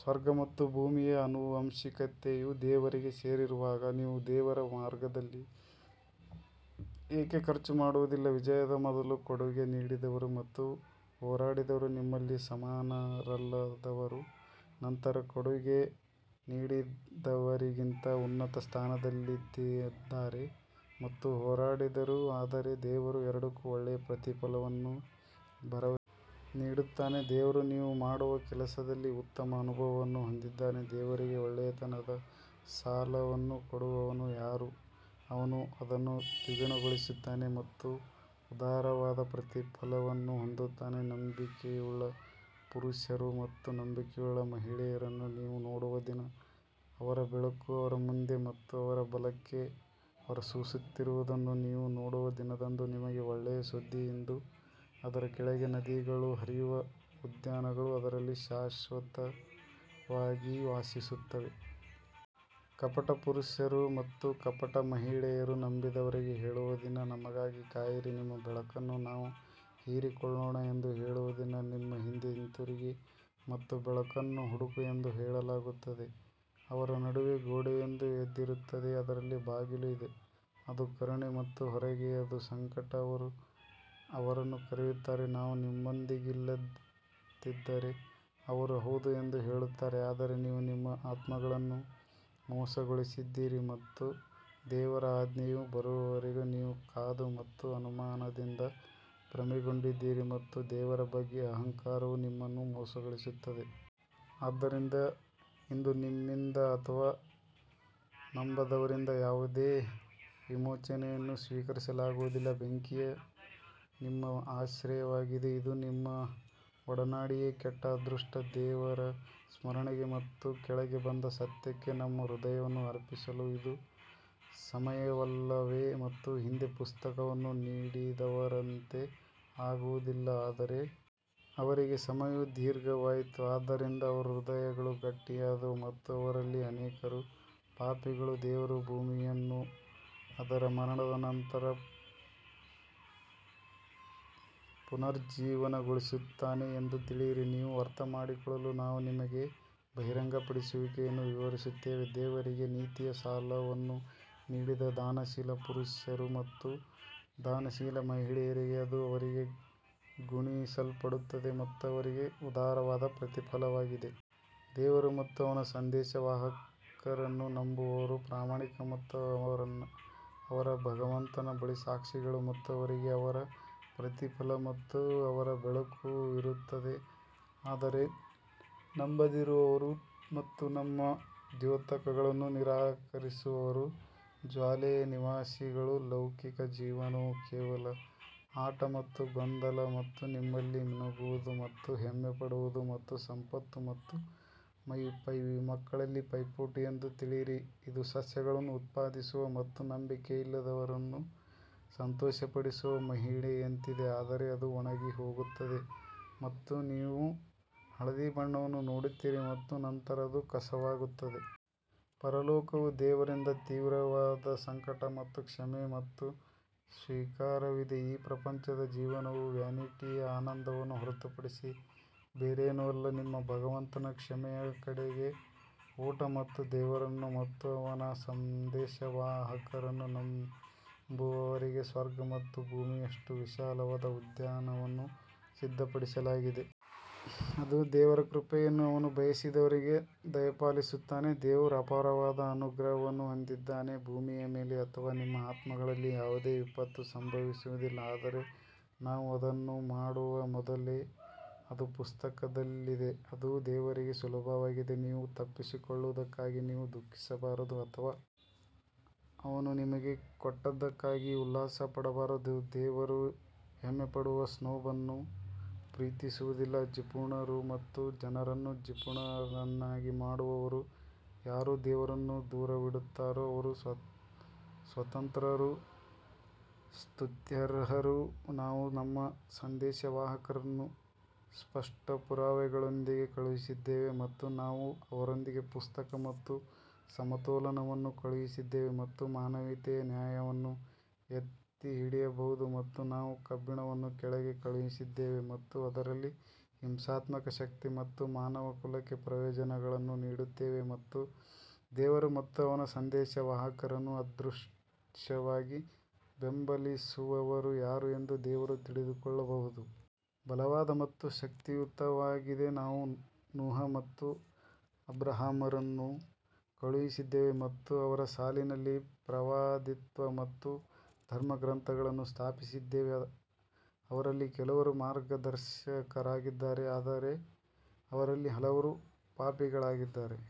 ಸ್ವರ್ಗ ಮತ್ತು ಭೂಮಿಯ ಆನುವಂಶಿಕತೆಯು ದೇವರಿಗೆ ಸೇರಿರುವಾಗ ನೀವು ದೇವರ ಮಾರ್ಗದಲ್ಲಿ ಏಕೆ ಖರ್ಚು ಮಾಡುವುದಿಲ್ಲ, ವಿಜಯದ ಮೊದಲು ಕೊಡುಗೆ ನೀಡಿದವರು ಮತ್ತು ಹೋರಾಡಿದವರು ನಿಮ್ಮಲ್ಲಿ ಸಮಾನರಲ್ಲದವರು ನಂತರ ಕೊಡುಗೆ ನೀಡಿದವರಿಗಿಂತ ಉನ್ನತ ಸ್ಥಾನದಲ್ಲಿದ್ದಾರೆ ಮತ್ತು ಹೋರಾಡಿದರು ಆದರೆ ದೇವರು ಎರಡಕ್ಕೂ ಒಳ್ಳೆಯ ಪ್ರತಿಫಲವನ್ನು ಭರವಸೆ ನೀಡುತ್ತಾನೆ ದೇವರು ನೀವು ಮಾಡುವ ಕೆಲಸದಲ್ಲಿ ಉತ್ತಮ ಅನುಭವವನ್ನು ಹೊಂದಿದ್ದಾನೆ ದೇವರಿಗೆ ಒಳ್ಳೆಯತನದ ಸಾಲವನ್ನು ಕೊಡುವವನು ಯಾರು, ಅವನು ಅದನ್ನು ದ್ವಿಗುಣಗೊಳಿಸುತ್ತಾನೆ ಮತ್ತು ಉದಾರವಾದ ಪ್ರತಿಫಲವನ್ನು ಹೊಂದುತ್ತಾನೆ ನಂಬಿಕೆಯುಳ್ಳ ಪುರುಷರು ಮತ್ತು ನಂಬಿಕೆಯುಳ್ಳ ಮಹಿಳೆಯರನ್ನು ನೀವು ನೋಡುವ ದಿನ ಅವರ ಬೆಳಕು ಅವರ ಮುಂದೆ ಮತ್ತು ಅವರ ಬಲಕ್ಕೆ ಹೊರಸೂಸುತ್ತಿರುವುದನ್ನು ನೀವು ನೋಡುವ ದಿನದಂದು ನಿಮಗೆ ಒಳ್ಳೆಯ ಸುದ್ದಿ ಇಂದು ಅದರ ಕೆಳಗೆ ನದಿಗಳು ಹರಿಯುವ ಉದ್ಯಾನಗಳು ಅದರಲ್ಲಿ ಶಾಶ್ವತವಾಗಿ ವಾಸಿಸುತ್ತವೆ. ಕಪಟ ಪುರುಷರು ಮತ್ತು ಕಪಟ ಮಹಿಳೆಯರು ನಂಬಿದವರಿಗೆ ಹೇಳುವ ದಿನ ನಮಗಾಗಿ ಕಾಯಿರಿ ನಿಮ್ಮ ಬೆಳಕನ್ನು ನಾವು ಹೀರಿಕೊಳ್ಳೋಣ ಎಂದು ಹೇಳುವ ದಿನ ನಿಮ್ಮ ಹಿಂದೆ ಹಿಂತಿರುಗಿ ಮತ್ತು ಬೆಳಕನ್ನು ಹುಡುಕು ಎಂದು ಹೇಳಲಾಗುತ್ತದೆ ಅವರ ನಡುವೆ ಗೋಡೆಯೊಂದು ಎದ್ದಿರುತ್ತದೆ ಅದರಲ್ಲಿ ಬಾಗಿಲು ಇದೆ. ಅದು ಕರುಣೆ ಮತ್ತು ಹೊರಗೆ ಅದು ಸಂಕಟ ಅವರು ಅವರನ್ನು ಕರೆಯುತ್ತಾರೆ, ನಾವು ನಿಮ್ಮೊಂದಿಗಿಲ್ಲದಿದ್ದರೆ ಅವರು ಹೌದು ಎಂದು ಹೇಳುತ್ತಾರೆ ಆದರೆ ನೀವು ನಿಮ್ಮ ಆತ್ಮಗಳನ್ನು ಮೋಸಗೊಳಿಸಿದ್ದೀರಿ ಮತ್ತು ದೇವರ ಆಜ್ಞೆಯು ಬರುವವರೆಗೂ ನೀವು ಕಾದು ಮತ್ತು ಅನುಮಾನದಿಂದ ಭ್ರಮೆಗೊಂಡಿದ್ದೀರಿ ಮತ್ತು ದೇವರ ಬಗ್ಗೆ ಅಹಂಕಾರವು ನಿಮ್ಮನ್ನು ಮೋಸಗೊಳಿಸುತ್ತದೆ. ಆದ್ದರಿಂದ ಇಂದು ನಿಮ್ಮಿಂದ ಅಥವಾ ನಂಬದವರಿಂದ ಯಾವುದೇ ವಿಮೋಚನೆಯನ್ನು ಸ್ವೀಕರಿಸಲಾಗುವುದಿಲ್ಲ, ಬೆಂಕಿಯು ನಿಮ್ಮ ಆಶ್ರಯವಾಗಿದೆ, ಇದು ನಿಮ್ಮ ಒಡನಾಡಿಯೇ ಕೆಟ್ಟ ಅದೃಷ್ಟ ದೇವರ ಸ್ಮರಣೆಗೆ ಮತ್ತು ಕೆಳಗೆ ಬಂದ ಸತ್ಯಕ್ಕೆ ತಮ್ಮ ಹೃದಯವನ್ನು ಅರ್ಪಿಸಲು ಇದು ಸಮಯವಲ್ಲವೇ ಮತ್ತು ಹಿಂದೆ ಪುಸ್ತಕವನ್ನು ನೀಡಿದವರಂತೆ ಆಗುವುದಿಲ್ಲ ಆದರೆ ಅವರಿಗೆ ಸಮಯವು ದೀರ್ಘವಾಯಿತು ಆದ್ದರಿಂದ ಅವರ ಹೃದಯಗಳು ಗಟ್ಟಿಯಾದವು ಮತ್ತು ಅವರಲ್ಲಿ ಅನೇಕರು ಪಾಪಿಗಳು ದೇವರು ಭೂಮಿಯನ್ನು ಅದರ ಮರಣದ ನಂತರ ಪುನರುಜ್ಜೀವನಗೊಳಿಸುತ್ತಾನೆ ಎಂದು ತಿಳಿಯಿರಿ, ನೀವು ಅರ್ಥಮಾಡಿಕೊಳ್ಳಲು ನಾವು ನಿಮಗೆ ಬಹಿರಂಗಪಡಿಸುವಿಕೆಯನ್ನು ವಿವರಿಸುತ್ತೇವೆ ದೇವರಿಗೆ ನೀತಿಯ ಸಾಲವನ್ನು ನೀಡಿದ ದಾನಶೀಲ ಪುರುಷರು ಮತ್ತು ದಾನಶೀಲ ಮಹಿಳೆಯರಿಗೆ ಅದು ಅವರಿಗೆ ಗುಣಿಸಲ್ಪಡುತ್ತದೆ ಮತ್ತು ಅವರಿಗೆ ಉದಾರವಾದ ಪ್ರತಿಫಲವಾಗಿದೆ. ದೇವರು ಮತ್ತು ಅವನ ಸಂದೇಶವಾಹಕರನ್ನು ನಂಬುವವರು ಪ್ರಾಮಾಣಿಕರು ಮತ್ತು ಅವರ ಭಗವಂತನ ಬಳಿ ಸಾಕ್ಷಿಗಳು ಮತ್ತು ಅವರಿಗೆ ಅವರ ಪ್ರತಿಫಲ ಮತ್ತು ಅವರ ಬೆಳಕು ಇರುತ್ತದೆ ಆದರೆ ನಂಬದಿರುವವರು ಮತ್ತು ನಮ್ಮ ದ್ಯೋತಕಗಳನ್ನು ನಿರಾಕರಿಸುವವರು ಜ್ವಾಲೆಯ ನಿವಾಸಿಗಳು. ಲೌಕಿಕ ಜೀವನವು ಕೇವಲ ಆಟ ಮತ್ತು ಗೊಂದಲ ಮತ್ತು ನಿಮ್ಮಲ್ಲಿ ಮಿನುಗುವುದು ಮತ್ತು ಹೆಮ್ಮೆಪಡುವುದು ಮತ್ತು ಸಂಪತ್ತು ಮತ್ತು ಮಕ್ಕಳಲ್ಲಿ ಪೈಪೋಟಿ ಎಂದು ತಿಳಿಯಿರಿ ಇದು ಸಸ್ಯಗಳನ್ನು ಉತ್ಪಾದಿಸುವ ಮತ್ತು ನಂಬಿಕೆಯಿಲ್ಲದವರನ್ನು ಸಂತೋಷಪಡಿಸುವ ಮಳೆಯಂತಿದೆ ಆದರೆ ಅದು ಒಣಗಿಹೋಗುತ್ತದೆ ಮತ್ತು ನೀವು ಹಳದಿ ಬಣ್ಣವನ್ನು ನೋಡುತ್ತೀರಿ ಮತ್ತು ನಂತರ ಅದು ಕಸವಾಗುತ್ತದೆ. ಪರಲೋಕವು ದೇವರಿಂದ ತೀವ್ರವಾದ ಸಂಕಟ ಮತ್ತು ಕ್ಷಮೆ ಮತ್ತು ಸ್ವೀಕಾರವಿದೆ ಈ ಪ್ರಪಂಚದ ಜೀವನವು ವ್ಯಾನಿಟಿಯ ಆನಂದವನ್ನು ಹೊರತುಪಡಿಸಿ ಬೇರೇನೂ ಅಲ್ಲ ನಿಮ್ಮ ಭಗವಂತನ ಕ್ಷಮೆಯ ಕಡೆಗೆ ಓಟ ಮತ್ತು ದೇವರನ್ನು ಮತ್ತು ಅವನ ಸಂದೇಶವಾಹಕರನ್ನು ನಂಬುವವರಿಗೆ ಸ್ವರ್ಗ ಮತ್ತು ಭೂಮಿಯಷ್ಟು ವಿಶಾಲವಾದ ಉದ್ಯಾನವನ್ನು ಸಿದ್ಧಪಡಿಸಲಾಗಿದೆ, ಅದು ದೇವರ ಕೃಪೆಯನ್ನು ಅವನು ಬಯಸಿದವರಿಗೆ ದಯಪಾಲಿಸುತ್ತಾನೆ ದೇವರು ಅಪಾರವಾದ ಅನುಗ್ರಹವನ್ನು ಹೊಂದಿದ್ದಾನೆ ಭೂಮಿಯ ಮೇಲೆ ಅಥವಾ ನಿಮ್ಮ ಆತ್ಮಗಳಲ್ಲಿ ಯಾವುದೇ ವಿಪತ್ತು ಸಂಭವಿಸುವುದಿಲ್ಲ ಆದರೆ ನಾವು ಅದನ್ನು ಮಾಡುವ ಮೊದಲೇ ಅದು ಪುಸ್ತಕದಲ್ಲಿದೆ, ಅದು ದೇವರಿಗೆ ಸುಲಭವಾಗಿದೆ ನೀವು ತಪ್ಪಿಸಿಕೊಳ್ಳುವದಕ್ಕಾಗಿ ನೀವು ದುಃಖಿಸಬಾರದು ಅಥವಾ ಅವನು ನಿಮಗೆ ಕೊಟ್ಟದ್ದಕ್ಕಾಗಿ ಉಲ್ಲಾಸಪಡಬಾರದು, ದೇವರು ಹೆಮ್ಮೆಪಡುವ ಸ್ನೋಬ್ ಅನ್ನು ಪ್ರೀತಿಸುವುದಿಲ್ಲ ಜಿಪುಣರು ಮತ್ತು ಜನರನ್ನು ಜಿಪುಣರನ್ನಾಗಿ ಮಾಡುವವರು ಯಾರು ದೇವರನ್ನು ದೂರವಿಡುತ್ತಾರೋ ಅವರು ಸ್ವತಂತ್ರರು ಸ್ತುತ್ಯರ್ಹರು ನಾವು ನಮ್ಮ ಸಂದೇಶವಾಹಕರನ್ನು ಸ್ಪಷ್ಟ ಪುರಾವೆಗಳೊಂದಿಗೆ ಕಳುಹಿಸಿದ್ದೇವೆ ಮತ್ತು ನಾವು ಅವರೊಂದಿಗೆ ಪುಸ್ತಕ ಮತ್ತು ಸಮತೋಲನವನ್ನು ಕಳುಹಿಸಿದ್ದೇವೆ ಮತ್ತು ಮಾನವೀಯತೆಯು ನ್ಯಾಯವನ್ನು ಎತ್ತಿಹಿಡಿಯಬಹುದು ಮತ್ತು ನಾವು ಕಬ್ಬಿಣವನ್ನು ಕೆಳಗೆ ಕಳುಹಿಸಿದ್ದೇವೆ ಮತ್ತು ಅದರಲ್ಲಿ ಹಿಂಸಾತ್ಮಕ ಶಕ್ತಿ ಮತ್ತು ಮಾನವಕುಲಕ್ಕೆ ಪ್ರಯೋಜನಗಳನ್ನು ನೀಡುತ್ತೇವೆ ಮತ್ತು ದೇವರು ಮತ್ತು ಅವನ ಸಂದೇಶವಾಹಕರನ್ನು ಅದೃಶ್ಯವಾಗಿ ಬೆಂಬಲಿಸುವವರು ಯಾರು ಎಂದು ದೇವರು ತಿಳಿದುಕೊಳ್ಳಬಹುದು. ಬಲವಾದ ಮತ್ತು ಶಕ್ತಿಯುತವಾಗಿದೆ ನಾವು ನೂಹ್ ಮತ್ತು ಅಬ್ರಹಾಮರನ್ನು ಕಳುಹಿಸಿದ್ದೇವೆ ಮತ್ತು ಅವರ ಸಾಲಿನಲ್ಲಿ ಪ್ರವಾದಿತ್ವ ಮತ್ತು ಧರ್ಮಗ್ರಂಥಗಳನ್ನು ಸ್ಥಾಪಿಸಿದ್ದೇವೆ ಅವರಲ್ಲಿ ಕೆಲವರು ಮಾರ್ಗದರ್ಶಕರಾಗಿದ್ದಾರೆ ಆದರೆ ಅವರಲ್ಲಿ ಹಲವರು ಪಾಪಿಗಳಾಗಿದ್ದಾರೆ.